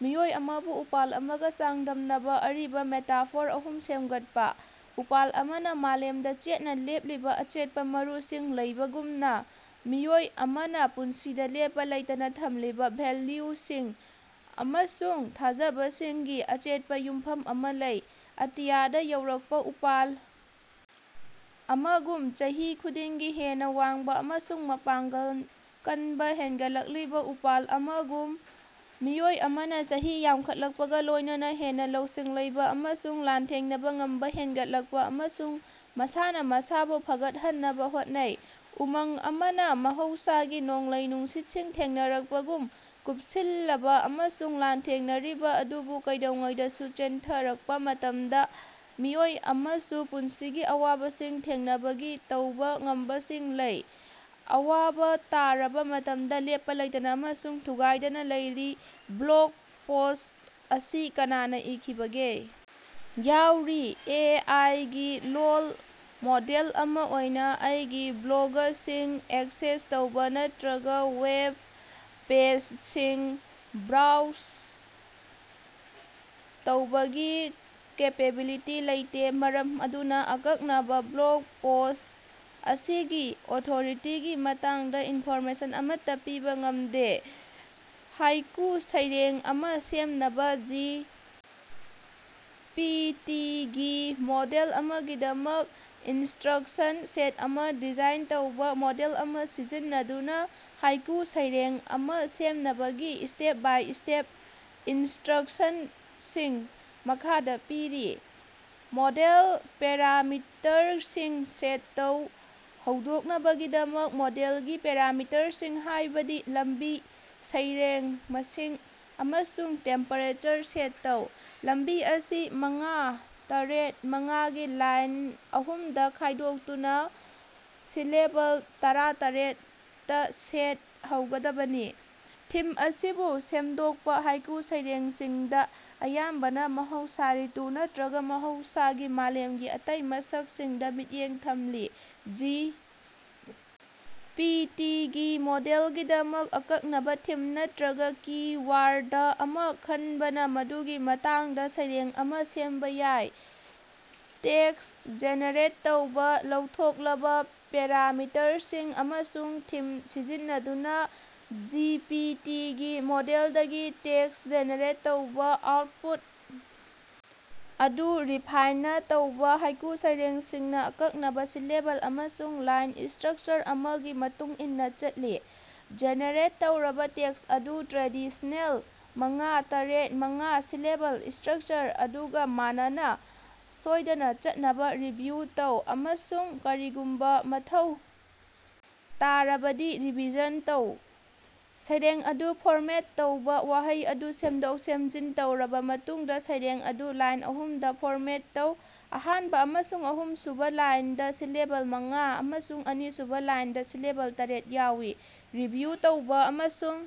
ꯃꯤꯑꯣꯏ ꯑꯃꯕꯨ ꯎꯄꯥꯜ ꯑꯃꯒ ꯆꯥꯡꯗꯝꯅꯕ ꯑꯔꯤꯕ ꯃꯦꯇꯥꯐꯣꯔ ꯑꯍꯨꯝ ꯁꯦꯝꯒꯠꯄ꯫ ꯎꯄꯥꯜ ꯑꯃꯅ ꯃꯥꯂꯦꯝꯗ ꯆꯦꯠꯅ ꯂꯦꯞꯂꯤꯕ ꯑꯆꯦꯠꯄ ꯃꯔꯨꯁꯤꯡ ꯂꯩꯕꯒꯨꯝꯅꯥ, ꯃꯤꯑꯣꯏ ꯑꯃꯅꯥ ꯄꯨꯟꯁꯤꯗꯥ ꯂꯦꯞꯄ ꯂꯩꯇꯅ ꯊꯝꯂꯤꯕ ꯚꯦꯜꯌꯨꯁꯤꯡ ꯑꯃꯁꯨꯡ ꯊꯥꯖꯕꯁꯤꯡꯒꯤ ꯑꯆꯦꯠꯄ ꯌꯨꯝꯐꯝ ꯑꯃ ꯂꯩ꯫ ꯑꯇꯤꯌꯥꯗ ꯌꯧꯔꯛꯄ ꯎꯄꯥꯜ ꯑꯃꯒꯨꯝ, ꯆꯍꯤ ꯈꯨꯗꯤꯡꯒꯤ ꯍꯦꯟꯅ ꯋꯥꯡꯕ ꯑꯃꯁꯨꯡ ꯃꯄꯥꯡꯒꯜ ꯀꯟꯕꯥ ꯍꯦꯟꯒꯠꯂꯛꯂꯤꯕ ꯎꯄꯥꯜ ꯑꯃꯒꯨꯝ, ꯃꯤꯑꯣꯏ ꯑꯃꯅ ꯆꯍꯤ ꯌꯝꯈꯠꯂꯛꯄꯒ ꯂꯣꯏꯅꯅꯥ ꯍꯦꯟꯅ ꯂꯧꯁꯤꯡ ꯂꯩꯕ ꯑꯃꯁꯨꯡ ꯂꯥꯟꯊꯦꯡꯅꯕ ꯉꯝꯕ ꯍꯦꯟꯒꯠꯂꯛꯄ ꯑꯃꯁꯨꯡ ꯃꯁꯥꯅ ꯃꯁꯥꯕꯨ ꯐꯒꯠꯍꯟꯅꯕ ꯍꯣꯠꯅꯩ꯫ ꯎꯃꯪ ꯑꯃꯅꯥ ꯃꯍꯧꯁꯥꯒꯤ ꯅꯣꯡꯂꯩ-ꯅꯨꯡꯁꯤꯠꯁꯤꯡ ꯊꯦꯡꯅꯔꯛꯄꯒꯨꯝ, ꯀꯨꯞꯁꯤꯜꯂꯕ ꯑꯃꯁꯨꯡ ꯂꯥꯟꯊꯦꯡꯅꯔꯤꯕ ꯑꯗꯨꯕꯨ ꯀꯩꯗꯧꯉꯩꯗꯁꯨ ꯆꯦꯟꯊꯔꯛꯄ ꯃꯇꯝꯗꯥ ꯃꯤꯑꯣꯏ ꯑꯃꯁꯨ ꯄꯨꯟꯁꯤꯒꯤ ꯑꯋꯥꯕꯁꯤꯡ ꯊꯦꯡꯅꯕꯒꯤ ꯇꯧꯕꯥ ꯉꯝꯕꯁꯤꯡ ꯂꯩ, ꯑꯋꯥꯕ ꯇꯥꯔꯕ ꯃꯇꯝꯗ ꯂꯦꯞꯄ ꯂꯩꯇꯅ ꯑꯃꯁꯨꯡ ꯊꯨꯒꯥꯏꯗꯅ ꯂꯩꯔꯤ꯫ ꯕ꯭ꯂꯣꯒ ꯄꯣꯁ꯭ꯠ ꯑꯁꯤ ꯀꯅꯥꯅ ꯏꯈꯤꯕꯒꯦ? ꯌꯥꯎꯔꯤ꯫ ꯑꯦ. ꯑꯥꯏ. ꯒꯤ ꯂꯣꯜ ꯃꯣꯗꯦꯜ ꯑꯃ ꯑꯣꯏꯅ ꯑꯩꯒꯤ ꯕ꯭ꯂꯣꯒꯁꯤꯡ ꯑꯦꯛꯁꯦꯁ ꯇꯧꯕ ꯅꯠꯇꯔꯒ ꯋꯦꯕ ꯄꯦꯖꯁꯤꯡ ꯕ꯭ꯔꯣꯎꯖ ꯇꯧꯕꯒꯤ ꯀꯦꯄꯦꯕꯤꯂꯤꯇꯤ ꯂꯩꯇꯦ, ꯃꯔꯝ ꯑꯗꯨꯅ ꯑꯀꯛꯅꯕ ꯕ꯭ꯂꯣꯒ ꯄꯣꯁ꯭ꯠ ꯑꯁꯤꯒꯤ ꯑꯣꯊꯣꯔꯤꯇꯤꯒꯤ ꯃꯇꯥꯡꯗ ꯏꯅꯐꯣꯔꯃꯦꯁꯟ ꯑꯃꯠꯇ ꯄꯤꯕ ꯉꯃꯗꯦ꯫ ꯍꯥꯏꯀꯨ ꯁꯩꯔꯦꯡ ꯑꯃ ꯁꯦꯝꯅꯕ ꯖꯤ. ꯄꯤ. ꯇꯤ. ꯒꯤ ꯃꯣꯗꯦꯜ ꯑꯃꯒꯤꯗꯃꯛ ꯏꯟꯁꯠꯔꯛꯁꯟ ꯁꯦꯠ ꯑꯃ ꯗꯤꯖꯥꯏꯟ ꯇꯧꯕ꯫ ꯃꯣꯗꯦꯜ ꯑꯃ ꯁꯤꯖꯤꯟꯅꯗꯨꯅ ꯍꯥꯏꯀꯨ ꯁꯩꯔꯦꯡ ꯑꯃ ꯁꯦꯝꯅꯕꯒꯤ ꯁ꯭ꯇꯦꯞ-ꯕꯥꯏ-ꯁ꯭ꯇꯦꯞ ꯏꯅꯁ꯭ꯠꯔꯛꯁꯟꯁꯤꯡ ꯃꯈꯥꯗ ꯄꯤꯔꯤ: ꯃꯣꯗꯦꯜ ꯄꯦꯔꯥꯃꯤꯇꯔꯁꯤꯡ ꯁꯦꯠ ꯇꯧ: ꯍꯧꯗꯣꯛꯅꯕꯒꯤꯗꯃꯛ, ꯃꯣꯗꯦꯜꯒꯤ ꯄꯦꯔꯥꯃꯤꯇꯔꯁꯤꯡ ꯍꯥꯏꯕꯗꯤ ꯂꯝꯕꯤ, ꯁꯩꯔꯦꯡ ꯃꯁꯤꯡ, ꯑꯃꯁꯨꯡ ꯇꯦꯝꯄꯦꯔꯦꯆꯔ ꯁꯦꯠ ꯇꯧ꯫ ꯂꯝꯕꯤ ꯑꯁꯤ ꯃꯉꯥ- ꯇꯔ‌ꯦꯠ- ꯃꯉꯥ ꯒꯤ ꯂꯥꯏꯟ ꯑꯍꯨꯝꯗꯥ ꯈꯥꯏꯗꯣꯛꯇꯨꯅ ꯁꯤꯂꯦꯕꯜ ꯇꯔꯥꯇꯔ‌ꯦꯠ ꯇꯥ ꯁꯦꯠ ꯇꯧꯒꯗꯕꯅꯤ꯫ ꯊꯤꯝ ꯑꯁꯤꯕꯨ ꯁꯦꯝꯗꯣꯛꯄ: ꯍꯥꯏꯀꯨ ꯁꯩꯔꯦꯡꯁꯤꯡꯗ ꯑꯌꯥꯝꯕꯅ ꯃꯍꯧꯁ, ꯔꯤꯇꯨ ꯅꯠꯇꯔꯒ ꯃꯍꯧꯁꯥꯒꯤ ꯃꯥꯂꯦꯝꯒꯤ ꯑꯇꯩ ꯃꯁꯛꯁꯤꯡꯗ ꯃꯤꯠꯌꯦꯡ ꯊꯝꯂꯤ꯫ ꯖꯤ. ꯄꯤ. ꯇꯤ. ꯒꯤ ꯃꯣꯗꯦꯜꯒꯤꯗꯃꯛ ꯑꯀꯛꯅꯕꯥ ꯊꯤꯝ ꯅꯠꯇꯔꯒ ꯀꯤ-ꯋꯥꯔꯗ ꯑꯃ ꯈꯟꯕꯅ ꯃꯗꯨꯒꯤ ꯃꯇꯥꯡꯗ ꯁꯩꯔꯦꯡ ꯑꯃ ꯁꯦꯝꯕꯥ ꯌꯥꯏ꯫ ꯇꯦꯛꯁ ꯖꯦꯅꯦꯔꯦꯠ ꯇꯧꯕꯥ: ꯂꯧꯊꯣꯛꯂꯕ ꯄꯦꯔꯥꯃꯤꯇꯔꯁꯤꯡ ꯑꯃꯁꯨꯡ ꯊꯤꯝ ꯁꯤꯖꯤꯟꯅꯗꯨꯅ ꯖꯤ. ꯄꯤ. ꯇꯤ. ꯒꯤ ꯃꯣꯗꯦꯜꯗꯒꯤ ꯇꯦꯛꯁ ꯖꯦꯅꯦꯔꯦꯠ ꯇꯧꯕ꯫ ꯑꯥꯎꯠꯄꯨꯠ ꯑꯗꯨ ꯔꯤꯐꯥꯏꯟꯅ ꯇꯧꯕꯥ: ꯍꯥꯏꯀꯨ ꯁꯩꯔꯦꯡꯁꯤꯡꯅꯥ ꯑꯀꯛꯅꯕꯥ ꯁꯤꯂꯦꯕꯜ ꯑꯃꯁꯨꯡ ꯂꯥꯏꯟ ꯁ꯭ꯇꯔꯛꯆꯔ ꯑꯃꯒꯤ ꯃꯇꯨꯡ ꯏꯟꯅ ꯆꯠꯂꯤ꯫ ꯖꯦꯅꯦꯔꯦꯠ ꯇꯧꯔꯕ ꯇꯦꯛꯁ ꯑꯗꯨ ꯇ꯭ꯔꯦꯗꯤꯁꯅꯦꯜ ꯃꯉꯥ- ꯇꯔ‌ꯦꯠ- ꯃꯉꯥ ꯁꯤꯂꯦꯕꯜ ꯁ꯭ꯇꯔꯛꯆꯔ ꯑꯗꯨꯒ ꯃꯟꯅꯅꯥ ꯁꯣꯏꯗꯅ ꯆꯠꯅꯕꯥ ꯔꯤꯚꯤꯌꯨ ꯇꯧ, ꯑꯃꯁꯨꯡ ꯀꯔꯤꯒꯨꯝꯕ ꯃꯊꯧ ꯇꯥꯔꯕꯗꯤ ꯔꯤꯚꯤꯖꯟ ꯇꯧ꯫ ꯁꯩꯔꯦꯡ ꯑꯗꯨ ꯐꯣꯔꯃꯦꯠ ꯇꯧꯕꯥ: ꯋꯥꯍꯩ ꯑꯗꯨ ꯁꯦꯝꯗꯣꯛ-ꯁꯦꯝꯖꯤꯟ ꯇꯧꯔꯕ ꯃꯇꯨꯡꯗ ꯁꯩꯔꯦꯡ ꯑꯗꯨ ꯂꯥꯏꯟ ꯑꯍꯨꯝꯗ ꯐꯣꯔꯃꯦꯠ ꯇꯧ, ꯑꯍꯥꯟꯕ ꯑꯃꯁꯨꯡ ꯑꯍꯨꯝꯁꯨꯕ ꯂꯥꯏꯟꯗ ꯁꯤꯂꯦꯕꯜ ꯃꯉꯥ ꯑꯃꯁꯨꯡ ꯑꯅꯤꯁꯨꯕ ꯂꯥꯏꯟꯗ ꯁꯤꯂꯦꯕꯜ ꯇꯔ‌ꯦꯠ ꯌꯥꯎꯏ꯫ ꯔꯤꯚꯤꯌꯨ ꯇꯧꯕ ꯑꯃꯁꯨꯡ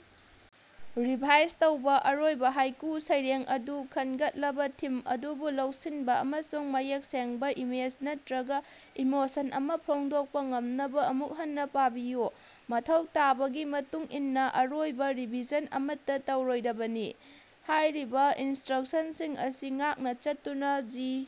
ꯔꯤꯚꯥꯏꯁ ꯇꯧꯕ: ꯑꯔꯣꯏꯕ ꯍꯥꯏꯀꯨ ꯁꯩꯔꯦꯡ ꯑꯗꯨ ꯈꯟꯒꯠꯂꯕ ꯊꯤꯝ ꯑꯗꯨꯕꯨ ꯂꯧꯁꯤꯟꯕ ꯑꯃꯁꯨꯡ ꯃꯌꯦꯛ ꯁꯦꯡꯕꯥ ꯏꯃꯦꯖ ꯅꯠꯇꯔꯒ ꯏꯃꯣꯁꯟ ꯑꯃ ꯐꯣꯡꯗꯣꯛꯄ ꯉꯝꯅꯕ ꯑꯃꯨꯛ ꯍꯟꯅ ꯄꯥꯕꯤꯌꯨ꯫ ꯃꯊꯧ ꯇꯥꯕꯒꯤ ꯃꯇꯨꯡ ꯏꯟꯅ ꯑꯔꯣꯏꯕ ꯔꯤꯚꯤꯖꯟ ꯑꯃꯠꯇ ꯇꯧꯔꯣꯏꯗꯕꯅꯤ꯫ ꯍꯥꯏꯔꯤꯕ ꯏꯅꯁ꯭ꯠꯔꯛꯁꯟꯁꯤꯡ ꯑꯁꯤ ꯉꯥꯛꯅ ꯆꯠꯇꯨꯅ ꯖꯤ꯫